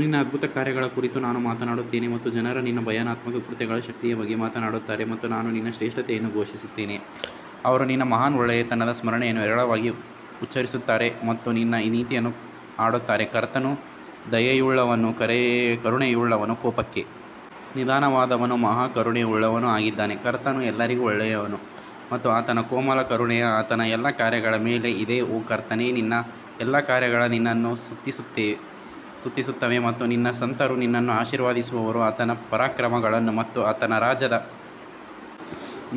ನಿನ್ನ ಅದ್ಭುತಕಾರ್ಯಗಳ ಕುರಿತು ನಾನು ಮಾತನಾಡುತ್ತೇನೆ ಮತ್ತು ಜನರು ನಿನ್ನ ಭಯಾನಕ ಕೃತ್ಯಗಳ ಶಕ್ತಿಯ ಬಗ್ಗೆ ಮಾತನಾಡುತ್ತಾರೆ ಮತ್ತು ನಾನು ನಿನ್ನ ಶ್ರೇಷ್ಠತೆಯನ್ನು ಘೋಷಿಸುತ್ತೇನೆ ಅವರು ನಿನ್ನ ಮಹಾನ್ ಒಳ್ಳೆಯತನದ ಸ್ಮರಣೆಯನ್ನು ಹೇರಳವಾಗಿ ಉಚ್ಚರಿಸುತ್ತಾರೆ ಮತ್ತು ನಿನ್ನ ನೀತಿಯನ್ನು ಹಾಡುತ್ತಾರೆ ಕರ್ತನು ದಯೆಯುಳ್ಳವನೂ ಕರುಣೆಯುಳ್ಳವನೂ ಕೋಪಕ್ಕೆ ನಿಧಾನವಾದವನೂ ಮಹಾ ಕರುಣೆಯುಳ್ಳವನೂ ಆಗಿದ್ದಾನೆ ಕರ್ತನು ಎಲ್ಲರಿಗೂ ಒಳ್ಳೆಯವನು ಮತ್ತು ಆತನ ಕೋಮಲ ಕರುಣೆಯು ಆತನ ಎಲ್ಲಾ ಕಾರ್ಯಗಳ ಮೇಲೆ ಇದೆ ಓ ಕರ್ತನೇ ನಿನ್ನ ಎಲ್ಲಾ ಕಾರ್ಯಗಳು ನಿನ್ನನ್ನು ಸ್ತುತಿಸುತ್ತವೆ ಮತ್ತು ನಿನ್ನ ಸಂತರು ನಿನ್ನನ್ನು ಆಶೀರ್ವದಿಸುವರು ಆತನ ಪರಾಕ್ರಮಗಳನ್ನು ಮತ್ತು ಆತನ ರಾಜ್ಯದ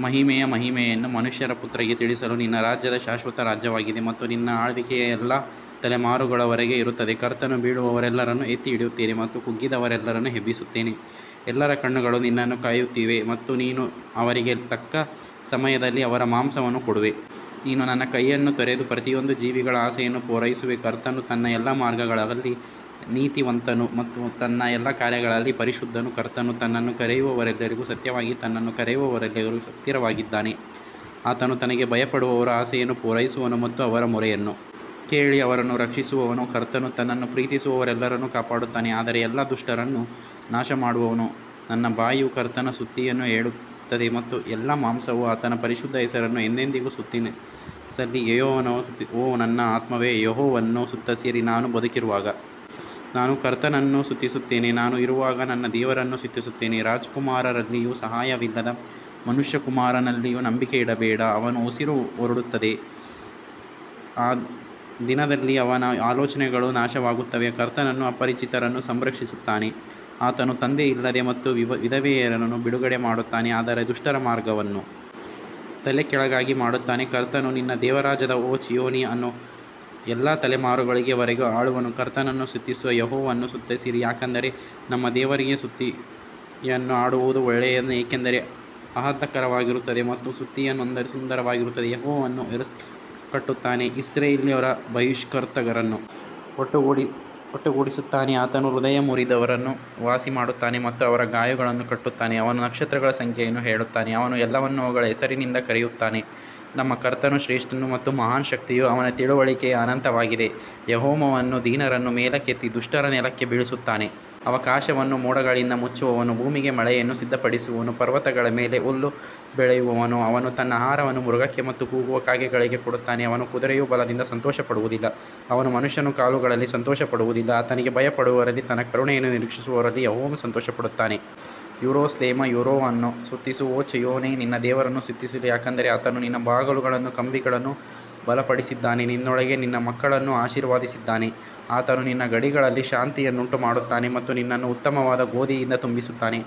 ಮಹಿಮೆಯ ಮಹಿಮೆಯನ್ನು ಮನುಷ್ಯಪುತ್ರರಿಗೆ ತಿಳಿಸಲು ನಿನ್ನ ರಾಜ್ಯವು ಶಾಶ್ವತ ರಾಜ್ಯವಾಗಿದೆ ಮತ್ತು ನಿನ್ನ ಆಳ್ವಿಕೆಯು ಎಲ್ಲಾ ತಲೆಮಾರುಗಳವರೆಗೆ ಇರುತ್ತದೆ ಕರ್ತನು ಬೀಳುವವರೆಲ್ಲರನ್ನು ಎತ್ತಿ ಹಿಡಿಯುತ್ತಾನೆ ಮತ್ತು ಕುಗ್ಗಿದವರೆಲ್ಲರನ್ನು ಎಬ್ಬಿಸುತ್ತಾನೆ ಎಲ್ಲರ ಕಣ್ಣುಗಳು ನಿನ್ನನ್ನು ಕಾಯುತ್ತಿವೆ ಮತ್ತು ನೀನು ಅವರಿಗೆ ತಕ್ಕ ಸಮಯದಲ್ಲಿ ಅವರ ಮಾಂಸವನ್ನು ಕೊಡುವೆ ನೀನು ನಿನ್ನ ಕೈಯನ್ನು ತೆರೆದು ಪ್ರತಿಯೊಂದು ಜೀವಿಗಳ ಆಸೆಯನ್ನು ಪೂರೈಸುವೆ ಕರ್ತನು ತನ್ನ ಎಲ್ಲಾ ಮಾರ್ಗಗಳಲ್ಲಿ ನೀತಿವಂತನು ಮತ್ತು ತನ್ನ ಎಲ್ಲಾ ಕಾರ್ಯಗಳಲ್ಲಿ ಪರಿಶುದ್ಧನು ಕರ್ತನು ತನ್ನನ್ನು ಕರೆಯುವವರೆಲ್ಲರಿಗೂ ಸತ್ಯವಾಗಿ ತನ್ನನ್ನು ಕರೆಯುವವರೆಲ್ಲರಿಗೂ ಹತ್ತಿರವಾಗಿದ್ದಾನೆ ಆತನು ತನಗೆ ಭಯಪಡುವವರ ಆಸೆಯನ್ನು ಪೂರೈಸುವನು ಮತ್ತು ಅವರ ಮೊರೆಯನ್ನು ಕೇಳಿ ಅವರನ್ನು ರಕ್ಷಿಸುವನು ಕರ್ತನು ತನ್ನನ್ನು ಪ್ರೀತಿಸುವವರೆಲ್ಲರನ್ನು ಕಾಪಾಡುತ್ತಾನೆ ಆದರೆ ಎಲ್ಲಾ ದುಷ್ಟರನ್ನು ನಾಶಮಾಡುವನು ನನ್ನ ಬಾಯಿಯು ಕರ್ತನ ಸ್ತುತಿಯನ್ನು ಹೇಳುತ್ತದೆ ಮತ್ತು ಎಲ್ಲಾ ಮಾಂಸವು ಆತನ ಪರಿಶುದ್ಧ ಹೆಸರನ್ನು ಎಂದೆಂದಿಗೂ ಸ್ತುತಿಸಲಿ ಯೆಹೋವನನ್ನು ಸ್ತುತಿಸಿರಿ ಓ ನನ್ನ ಆತ್ಮವೇ ಯೆಹೋವನನ್ನು ಸ್ತುತಿಸಿರಿ ನಾನು ಬದುಕಿರುವಾಗ ನಾನು ಕರ್ತನನ್ನು ಸ್ತುತಿಸುತ್ತೇನೆ, ನಾನು ಇರುವಾಗ ನನ್ನ ದೇವರನ್ನು ಸ್ತುತಿಸುತ್ತೇನೆ ರಾಜಕುಮಾರರಲ್ಲಿಯೂ ಸಹಾಯವಿಲ್ಲದ ಮನುಷ್ಯಕುಮಾರನಲ್ಲಿಯೂ ನಂಬಿಕೆ ಇಡಬೇಡಿ ಅವನ ಉಸಿರು ಹೊರಡುತ್ತದೆ ಆ ದಿನದಲ್ಲಿ ಅವನ ಆಲೋಚನೆಗಳು ನಾಶವಾಗುತ್ತವೆ ಕರ್ತನು ಅಪರಿಚಿತರನ್ನು ಸಂರಕ್ಷಿಸುತ್ತಾನೆ, ಆತನು ತಂದೆಯಿಲ್ಲದ ಮತ್ತು ವಿಧವೆಯರನ್ನು ಬಿಡುಗಡೆ ಮಾಡುತ್ತಾನೆ ಆದರೆ ದುಷ್ಟರ ಮಾರ್ಗವನ್ನು ತಲೆಕೆಳಗಾಗಿ ಮಾಡುತ್ತಾನೆ ಕರ್ತನು ನಿನ್ನ ದೇವರಾದ ಓ ಚೀಯೋನ್ ಅನ್ನು ಎಲ್ಲಾ ತಲೆಮಾರುಗಳ ವರೆಗೆ ಆಳುವನು ಕರ್ತನನ್ನು ಸ್ತುತಿಸು ಯೆಹೋವನನ್ನು ಸ್ತುತಿಸಿರಿ ಯಾಕಂದರೆ ನಮ್ಮ ದೇವರಿಗೆ ಸ್ತುತಿಯನ್ನು ಹಾಡುವುದು ಒಳ್ಳೆಯದು ಏಕೆಂದರೆ ಅದು ಆಹ್ಲಾದಕರವಾಗಿರುತ್ತದೆ ಮತ್ತು ಸ್ತುತಿಯು ಸುಂದರವಾಗಿರುತ್ತದೆ ಯೆಹೋವನು ಯೆರೂಸಲೇಮನ್ನು ಕಟ್ಟುತ್ತಾನೆ, ಇಸ್ರಾಯೇಲ್ಯರ ಬಹಿಷ್ಕೃತರನ್ನು ಒಟ್ಟುಗೂಡಿಸುತ್ತಾನೆ ಆತನು ಹೃದಯ ಮುರಿದವರನ್ನು ವಾಸಿಮಾಡುತ್ತಾನೆ ಮತ್ತು ಅವರ ಗಾಯಗಳನ್ನು ಕಟ್ಟುತ್ತಾನೆ ಅವನು ನಕ್ಷತ್ರಗಳ ಸಂಖ್ಯೆಯನ್ನು ಹೇಳುತ್ತಾನೆ, ಅವನು ಎಲ್ಲವನ್ನೂ ಅವುಗಳ ಹೆಸರಿನಿಂದ ಕರೆಯುತ್ತಾನೆ ನಮ್ಮ ಕರ್ತನು ಶ್ರೇಷ್ಠನು ಮತ್ತು ಮಹಾನ್ ಶಕ್ತಿಯು ಅವನ ತಿಳುವಳಿಕೆಯು ಅನಂತವಾಗಿದೆ ಯೆಹೋವನು ದೀನರನ್ನು ಮೇಲಕ್ಕೆತ್ತಿ ದುಷ್ಟರನ್ನು ನೆಲಕ್ಕೆ ಬೀಳಿಸುತ್ತಾನೆ ಆಕಾಶವನ್ನು ಮೋಡಗಳಿಂದ ಮುಚ್ಚುವವನು ಭೂಮಿಗೆ ಮಳೆಯನ್ನು ಸಿದ್ಧಪಡಿಸುವವನು ಪರ್ವತಗಳ ಮೇಲೆ ಹುಲ್ಲು ಬೆಳೆಯುವವನು ಅವನು ತನ್ನ ಆಹಾರವನ್ನು ಮೃಗಕ್ಕೆ ಮತ್ತು ಕೂಗುವ ಕಾಗೆಗಳಿಗೆ ಕೊಡುತ್ತಾನೆ ಅವನು ಕುದುರೆಯ ಬಲದಿಂದ ಸಂತೋಷಪಡುವುದಿಲ್ಲ, ಅವನು ಮನುಷ್ಯನ ಕಾಲುಗಳಲ್ಲಿ ಸಂತೋಷಪಡುವುದಿಲ್ಲ ಆತನಿಗೆ ಭಯಪಡುವವರಲ್ಲಿ ತನ್ನ ಕರುಣೆಯನ್ನು ನಿರೀಕ್ಷಿಸುವವರಲ್ಲಿ ಯೆಹೋವನು ಸಂತೋಷಪಡುತ್ತಾನೆ ಯೆರೂಸಲೇಮೇ ಯೆಹೋವನನ್ನು ಸ್ತುತಿಸು ಓ ಚೀಯೋನ್ ನಿನ್ನ ದೇವರನ್ನು ಸ್ತುತಿಸು ಯಾಕಂದರೆ ಆತನು ನಿನ್ನ ಬಾಗಲುಗಳ ಕಂಬಿಗಳನ್ನು ಬಲಪಡಿಸಿದ್ದಾನೆ ನಿನ್ನೊಳಗೆ ನಿನ್ನ ಮಕ್ಕಳನ್ನು ಆಶೀರ್ವದಿಸಿದ್ದಾನೆ ಆತನು ನಿನ್ನ ಗಡಿಗಳಲ್ಲಿ ಶಾಂತಿಯನ್ನುಂಟುಮಾಡುತ್ತಾನೆ ಮತ್ತು ನಿನ್ನನ್ನು ಉತ್ತಮವಾದ ಗೋಧಿಯಿಂದ ತುಂಬಿಸುತ್ತಾನೆ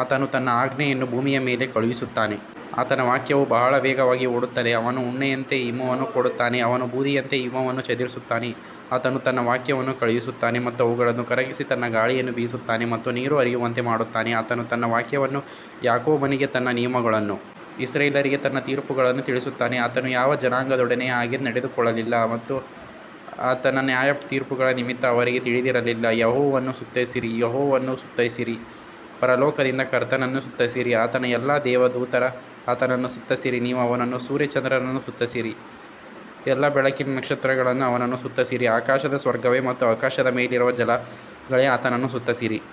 ಆತನು ತನ್ನ ಆಜ್ಞೆಯನ್ನು ಭೂಮಿಯ ಮೇಲೆ ಕಳುಹಿಸುತ್ತಾನೆ ಆತನ ವಾಕ್ಯವು ಬಹಳ ವೇಗವಾಗಿ ಓಡುತ್ತದೆ ಅವನು ಉಣ್ಣೆಯಂತೆ ಹಿಮವನ್ನು ಕೊಡುತ್ತಾನೆ, ಅವನು ಬೂದಿಯಂತೆ ಹಿಮವನ್ನು ಚದುರಿಸುತ್ತಾನೆ ಆತನು ತನ್ನ ವಾಕ್ಯವನ್ನು ಕಳುಹಿಸುತ್ತಾನೆ ಮತ್ತು ಅವುಗಳನ್ನು ಕರಗಿಸಿ ತನ್ನ ಗಾಳಿಯನ್ನು ಬೀಸುತ್ತಾನೆ ಮತ್ತು ನೀರು ಹರಿಯುವಂತೆ ಮಾಡುತ್ತಾನೆ ಆತನು ತನ್ನ ವಾಕ್ಯವನ್ನು ಯಾಕೋಬನಿಗೆ ತನ್ನ ನಿಯಮಗಳನ್ನೂ ಇಸ್ರಾಯೇಲ್ಯರಿಗೆ ತನ್ನ ತೀರ್ಪುಗಳನ್ನೂ ತಿಳಿಸುತ್ತಾನೆ ಆತನು ಯಾವ ಜನಾಂಗದೊಡನೆಯೂ ಹಾಗೆ ನಡೆದುಕೊಳ್ಳಲಿಲ್ಲ ಮತ್ತು ಆತನ ನ್ಯಾಯತೀರ್ಪುಗಳ ನಿಮಿತ್ತ ಅವರಿಗೆ ತಿಳಿದಿರಲಿಲ್ಲ, ಯೆಹೋವನನ್ನು ಸ್ತುತಿಸಿರಿ ಯೆಹೋವನನ್ನು ಸ್ತುತಿಸಿರಿ ಪರಲೋಕದಿಂದ ಕರ್ತನನ್ನು ಸ್ತುತಿಸಿರಿ ಆತನ ಎಲ್ಲಾ ದೇವದೂತರು ಆತನನ್ನು ಸ್ತುತಿಸಿರಿ ನೀವು ಅವನನ್ನು ಸೂರ್ಯ ಚಂದ್ರರನ್ನು ಸ್ತುತಿಸಿರಿ, ಎಲ್ಲಾ ಬೆಳಕಿನ ನಕ್ಷತ್ರಗಳೇ ಅವನನ್ನು ಸ್ತುತಿಸಿರಿ ಆಕಾಶದ ಸ್ವರ್ಗವೇ ಮತ್ತು ಆಕಾಶದ ಮೇಲಿರುವ ಜಲಗಳೇ ಆತನನ್ನು ಸ್ತುತಿಸಿರಿ.